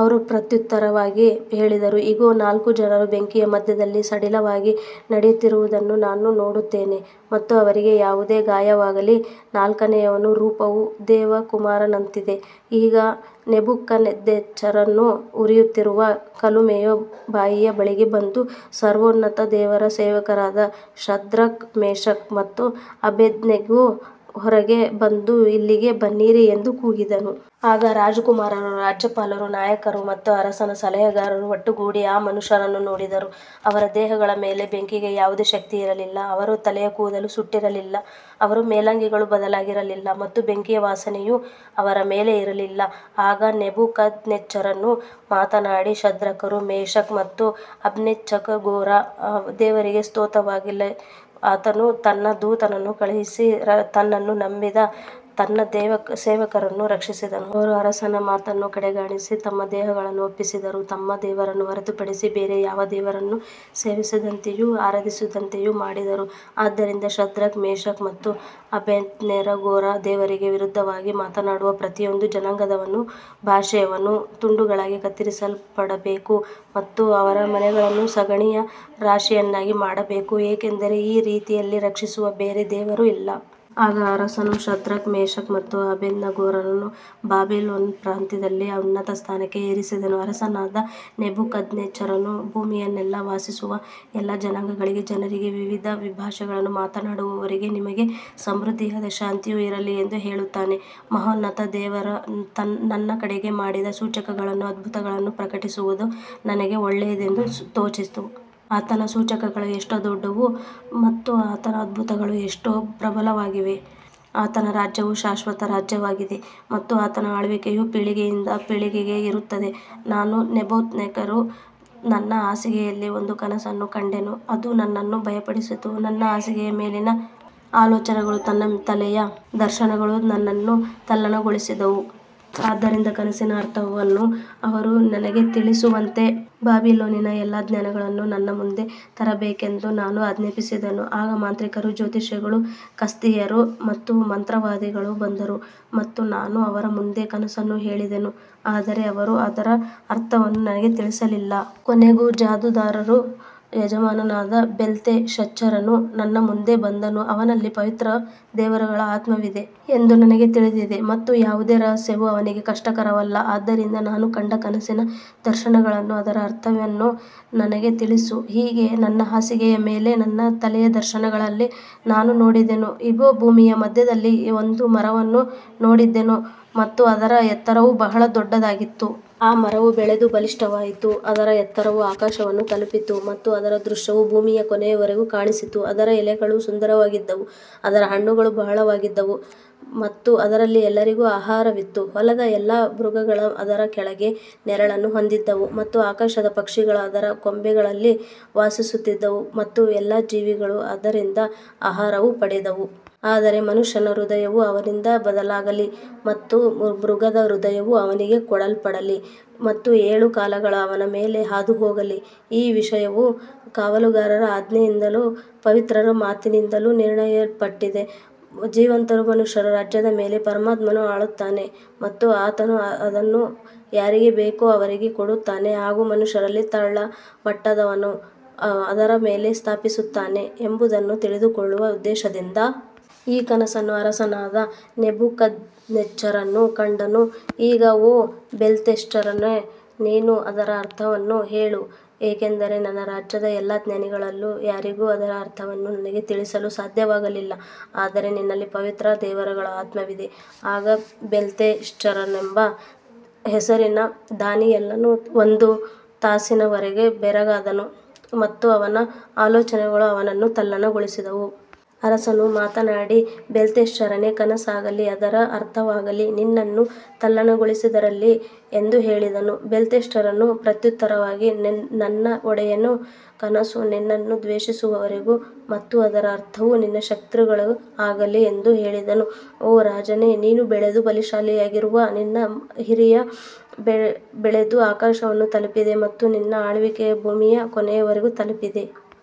ಅವರು ಪ್ರತ್ಯುತ್ತರವಾಗಿ ಹೇಳಿದರು, ಇಗೋ, ನಾಲ್ಕು ಜನರು ಬೆಂಕಿಯ ಮಧ್ಯದಲ್ಲಿ ಸಡಿಲವಾಗಿ ನಡೆಯುತ್ತಿರುವುದನ್ನು ನಾನು ನೋಡುತ್ತೇನೆ ಮತ್ತು ಅವರಿಗೆ ಯಾವುದೇ ಗಾಯವಾಗಿಲ್ಲ, ನಾಲ್ಕನೆಯವನ ರೂಪವು ದೇವಕುಮಾರನಂತಿದೆ. ಆಗ ನೆಬೂಕದ್ನೆಚ್ಚರನು ಉರಿಯುತ್ತಿರುವ ಕುಲುಮೆಯ ಬಾಯಿಯ ಬಳಿಗೆ ಬಂದು, ಸರ್ವೋನ್ನತ ದೇವರ ಸೇವಕರಾದ ಶದ್ರಕ್, ಮೇಷಕ್ ಮತ್ತು ಅಬೇದ್ನೆಗೋ, ಹೊರಗೆ ಬಂದು ಇಲ್ಲಿಗೆ ಬನ್ನಿರಿ ಎಂದು ಕೂಗಿದನು. ಆಗ ರಾಜಕುಮಾರರು, ರಾಜ್ಯಪಾಲರು, ನಾಯಕರು ಮತ್ತು ಅರಸನ ಸಲಹೆಗಾರರು ಒಟ್ಟುಗೂಡಿ ಆ ಮನುಷ್ಯರನ್ನು ನೋಡಿದರು. ಅವರ ದೇಹಗಳ ಮೇಲೆ ಬೆಂಕಿಗೆ ಯಾವುದೇ ಶಕ್ತಿಯಿರಲಿಲ್ಲ, ಅವರ ತಲೆಯ ಕೂದಲು ಸುಟ್ಟಿರಲಿಲ್ಲ, ಅವರ ಮೇಲಂಗಿಗಳು ಬದಲಾಗಿರಲಿಲ್ಲ ಮತ್ತು ಬೆಂಕಿಯ ವಾಸನೆಯೂ ಅವರ ಮೇಲೆ ಇರಲಿಲ್ಲ. ಆಗ ನೆಬೂಕದ್ನೆಚ್ಚರನು ಮಾತನಾಡಿ, ಶದ್ರಕ್, ಮೇಷಕ್ ಮತ್ತು ಅಬೇದ್ನೆಗೋರ ದೇವರಿಗೆ ಸ್ತೋತ್ರವಾಗಲಿ, ಆತನು ತನ್ನ ದೂತನನ್ನು ಕಳುಹಿಸಿ ತನ್ನನ್ನು ನಂಬಿದ ತನ್ನ ಸೇವಕರನ್ನು ರಕ್ಷಿಸಿದನು. ಅವರು ಅರಸನ ಮಾತನ್ನು ಕಡೆಗಣಿಸಿ ತಮ್ಮ ದೇಹಗಳನ್ನು ಒಪ್ಪಿಸಿದರು, ತಮ್ಮ ದೇವರನ್ನು ಹೊರತುಪಡಿಸಿ ಬೇರೆ ಯಾವ ದೇವರನ್ನೂ ಸೇವಿಸದಂತೆಯೂ ಆರಾಧಿಸದಂತೆಯೂ ಮಾಡಿದರು. ಆದ್ದರಿಂದ ಶದ್ರಕ್, ಮೇಷಕ್ ಮತ್ತು ಅಬೇದ್ನೆಗೋರ ದೇವರಿಗೆ ವಿರುದ್ಧವಾಗಿ ಮಾತನಾಡುವ ಪ್ರತಿಯೊಂದು ಜನಾಂಗದವನೂ ಭಾಷೆಯವನೂ ತುಂಡುಗಳಾಗಿ ಕತ್ತರಿಸಲ್ಪಡಬೇಕು ಮತ್ತು ಅವರ ಮನೆಗಳನ್ನು ಸಗಣಿಯ ರಾಶಿಯನ್ನಾಗಿ ಮಾಡಬೇಕು, ಏಕೆಂದರೆ ಈ ರೀತಿಯಲ್ಲಿ ರಕ್ಷಿಸುವ ಬೇರೆ ದೇವರು ಇಲ್ಲ. ಆಗ ಅರಸನು ಶದ್ರಕ್, ಮೇಷಕ್ ಮತ್ತು ಅಬೇದ್ನೆಗೋರನ್ನು ಬಾಬಿಲೋನಿನ ಪ್ರಾಂತ್ಯದಲ್ಲಿ ಉನ್ನತ ಸ್ಥಾನಕ್ಕೆ ಏರಿಸಿದನು. ಅರಸನಾದ ನೆಬೂಕದ್ನೆಚ್ಚರನು ಭೂಮಿಯಲ್ಲೆಲ್ಲಾ ವಾಸಿಸುವ ಎಲ್ಲಾ ಜನಾಂಗಗಳಿಗೂ ಜನರಿಗೂ ವಿವಿಧ ಭಾಷೆಗಳನ್ನು ಮಾತನಾಡುವವರಿಗೂ, ನಿಮಗೆ ಸಮೃದ್ಧಿಯಾದ ಶಾಂತಿಯು ಇರಲಿ ಎಂದು ಹೇಳುತ್ತಾನೆ. ಮಹೋನ್ನತ ದೇವರು ನನ್ನ ಕಡೆಗೆ ಮಾಡಿದ ಸೂಚಕಗಳನ್ನೂ ಅದ್ಭುತಗಳನ್ನೂ ಪ್ರಕಟಿಸುವುದು ನನಗೆ ಒಳ್ಳೆಯದೆಂದು ತೋಚಿತು. ಆತನ ಸೂಚಕಗಳು ಎಷ್ಟು ದೊಡ್ಡವು ಮತ್ತು ಆತನ ಅದ್ಭುತಗಳು ಎಷ್ಟು ಪ್ರಬಲವಾಗಿವೆ. ಆತನ ರಾಜ್ಯವು ಶಾಶ್ವತ ರಾಜ್ಯವಾಗಿದೆ ಮತ್ತು ಆತನ ಆಳ್ವಿಕೆಯು ಪೀಳಿಗೆಯಿಂದ ಪೀಳಿಗೆಗೆ ಇರುತ್ತದೆ. ನಾನು ನೆಬೂಕದ್ನೆಚ್ಚರನು ನನ್ನ ಹಾಸಿಗೆಯಲ್ಲಿ ಒಂದು ಕನಸನ್ನು ಕಂಡೆನು, ಅದು ನನ್ನನ್ನು ಭಯಪಡಿಸಿತು. ನನ್ನ ಹಾಸಿಗೆಯ ಮೇಲಿನ ಆಲೋಚನೆಗಳೂ ನನ್ನ ತಲೆಯ ದರ್ಶನಗಳೂ ನನ್ನನ್ನು ತಲ್ಲಣಗೊಳಿಸಿದವು. ಆದ್ದರಿಂದ ಕನಸಿನ ಅರ್ಥವನ್ನು ಅವರು ನನಗೆ ತಿಳಿಸುವಂತೆ ಬಾಬಿಲೋನಿನ ಎಲ್ಲಾ ಜ್ಞಾನಿಗಳನ್ನು ನನ್ನ ಮುಂದೆ ಕರೆತರಬೇಕೆಂದು ನಾನು ಆಜ್ಞಾಪಿಸಿದೆನು. ಆಗ ಮಾಂತ್ರಿಕರು, ಜ್ಯೋತಿಷಿಗಳು, ಕಸ್ದೀಯರು ಮತ್ತು ಮಂತ್ರವಾದಿಗಳು ಬಂದರು ಮತ್ತು ನಾನು ಅವರ ಮುಂದೆ ಕನಸನ್ನು ಹೇಳಿದೆನು, ಆದರೆ ಅವರು ಅದರ ಅರ್ಥವನ್ನು ನನಗೆ ತಿಳಿಸಲಿಲ್ಲ. ಕೊನೆಗೆ ಜಾದೂಗಾರರ ಯಜಮಾನನಾದ ಬೆಲ್ತೆಶಚ್ಚರನು ನನ್ನ ಮುಂದೆ ಬಂದನು. ಅವನಲ್ಲಿ ಪವಿತ್ರ ದೇವರುಗಳ ಆತ್ಮವಿದೆ ಎಂದು ನನಗೆ ತಿಳಿದಿದೆ ಮತ್ತು ಯಾವುದೇ ರಹಸ್ಯವೂ ಅವನಿಗೆ ಕಷ್ಟಕರವಲ್ಲ. ಆದ್ದರಿಂದ ನಾನು ಕಂಡ ಕನಸಿನ ದರ್ಶನಗಳನ್ನೂ ಅದರ ಅರ್ಥವನ್ನೂ ನನಗೆ ತಿಳಿಸು. ಹೀಗೆ ನನ್ನ ಹಾಸಿಗೆಯ ಮೇಲೆ ನನ್ನ ತಲೆಯ ದರ್ಶನಗಳಲ್ಲಿ ನಾನು ನೋಡಿದೆನು, ಇಗೋ, ಭೂಮಿಯ ಮಧ್ಯದಲ್ಲಿ ಒಂದು ಮರವನ್ನು ನೋಡಿದೆನು ಮತ್ತು ಅದರ ಎತ್ತರವು ಬಹಳ ದೊಡ್ಡದಾಗಿತ್ತು. ಆ ಮರವು ಬೆಳೆದು ಬಲಿಷ್ಠವಾಯಿತು, ಅದರ ಎತ್ತರವು ಆಕಾಶವನ್ನು ತಲುಪಿತು ಮತ್ತು ಅದರ ದೃಶ್ಯವು ಭೂಮಿಯ ಕೊನೆಯವರೆಗೂ ಕಾಣಿಸಿತು. ಅದರ ಎಲೆಗಳು ಸುಂದರವಾಗಿದ್ದವು, ಅದರ ಹಣ್ಣುಗಳು ಬಹಳವಾಗಿದ್ದವು ಮತ್ತು ಅದರಲ್ಲಿ ಎಲ್ಲರಿಗೂ ಆಹಾರವಿತ್ತು. ಹೊಲದ ಎಲ್ಲಾ ಮೃಗಗಳು ಅದರ ಕೆಳಗೆ ನೆರಳನ್ನು ಹೊಂದಿದ್ದವು ಮತ್ತು ಆಕಾಶದ ಪಕ್ಷಿಗಳು ಅದರ ಕೊಂಬೆಗಳಲ್ಲಿ ವಾಸಿಸುತ್ತಿದ್ದವು ಮತ್ತು ಎಲ್ಲಾ ಜೀವಿಗಳು ಅದರಿಂದ ಆಹಾರವನ್ನು ಪಡೆದವು. ಆದರೆ ಮನುಷ್ಯನ ಹೃದಯವು ಅವನಿಂದ ಬದಲಾಗಲಿ ಮತ್ತು ಮೃಗದ ಹೃದಯವು ಅವನಿಗೆ ಕೊಡಲ್ಪಡಲಿ ಮತ್ತು ಏಳು ಕಾಲಗಳು ಅವನ ಮೇಲೆ ಹಾದುಹೋಗಲಿ. ಈ ವಿಷಯವು ಕಾವಲುಗಾರರ ಆಜ್ಞೆಯಿಂದಲೂ ಪವಿತ್ರರ ಮಾತಿನಿಂದಲೂ ನಿರ್ಣಯಿಸಲ್ಪಟ್ಟಿದೆ, ಜೀವಂತರು ಮನುಷ್ಯರ ರಾಜ್ಯದ ಮೇಲೆ ಪರಮಾತ್ಮನು ಆಳುತ್ತಾನೆ ಮತ್ತು ಆತನು ಅದನ್ನು ಯಾರಿಗೆ ಬೇಕೋ ಅವರಿಗೆ ಕೊಡುತ್ತಾನೆ ಹಾಗೂ ಮನುಷ್ಯರಲ್ಲಿ ತಳಮಟ್ಟದವನನ್ನು ಅದರ ಮೇಲೆ ಸ್ಥಾಪಿಸುತ್ತಾನೆ ಎಂಬುದನ್ನು ತಿಳಿದುಕೊಳ್ಳುವ ಉದ್ದೇಶದಿಂದ. ಈ ಕನಸನ್ನು ಅರಸನಾದ ನೆಬೂಕದ್ನೆಚ್ಚರನು ಕಂಡನು. ಈಗ ಓ ಬೆಲ್ತೆಶಚ್ಚರನೇ, ನೀನು ಅದರ ಅರ್ಥವನ್ನು ಹೇಳು, ಏಕೆಂದರೆ ನನ್ನ ರಾಜ್ಯದ ಎಲ್ಲಾ ಜ್ಞಾನಿಗಳಲ್ಲಿ ಯಾರಿಗೂ ಅದರ ಅರ್ಥವನ್ನು ನನಗೆ ತಿಳಿಸಲು ಸಾಧ್ಯವಾಗಲಿಲ್ಲ. ಆದರೆ ನಿನ್ನಲ್ಲಿ ಪವಿತ್ರ ದೇವರುಗಳ ಆತ್ಮವಿದೆ. ಆಗ ಬೆಲ್ತೆಶಚ್ಚರನೆಂಬ ಹೆಸರಿನ ದಾನಿಯೇಲನು ಒಂದು ತಾಸಿನವರೆಗೆ ಬೆರಗಾದನು ಮತ್ತು ಅವನ ಆಲೋಚನೆಗಳು ಅವನನ್ನು ತಲ್ಲಣಗೊಳಿಸಿದವು. ಅರಸನು ಮಾತನಾಡಿ, ಬೆಲ್ತೆಶಚ್ಚರನೇ, ಕನಸಾಗಲಿ ಅದರ ಅರ್ಥವಾಗಲಿ ನಿನ್ನನ್ನು ತಲ್ಲಣಗೊಳಿಸದಿರಲಿ ಎಂದು ಹೇಳಿದನು. ಬೆಲ್ತೆಶಚ್ಚರನು ಪ್ರತ್ಯುತ್ತರವಾಗಿ, ನನ್ನ ಒಡೆಯನೇ, ಕನಸು ನಿನ್ನನ್ನು ದ್ವೇಷಿಸುವವರಿಗೆ ಮತ್ತು ಅದರ ಅರ್ಥವು ನಿನ್ನ ಶತ್ರುಗಳಿಗೆ ಆಗಲಿ ಎಂದು ಹೇಳಿದನು. ಓ ರಾಜನೇ, ನೀನು ಬೆಳೆದು ಬಲಶಾಲಿಯಾಗಿರುವೆ, ನಿನ್ನ ಹಿರಿಮೆ ಬೆಳೆದು ಆಕಾಶವನ್ನು ತಲುಪಿದೆ ಮತ್ತು ನಿನ್ನ ಆಳ್ವಿಕೆಯು ಭೂಮಿಯ ಕೊನೆಯವರೆಗೂ ತಲುಪಿದೆ.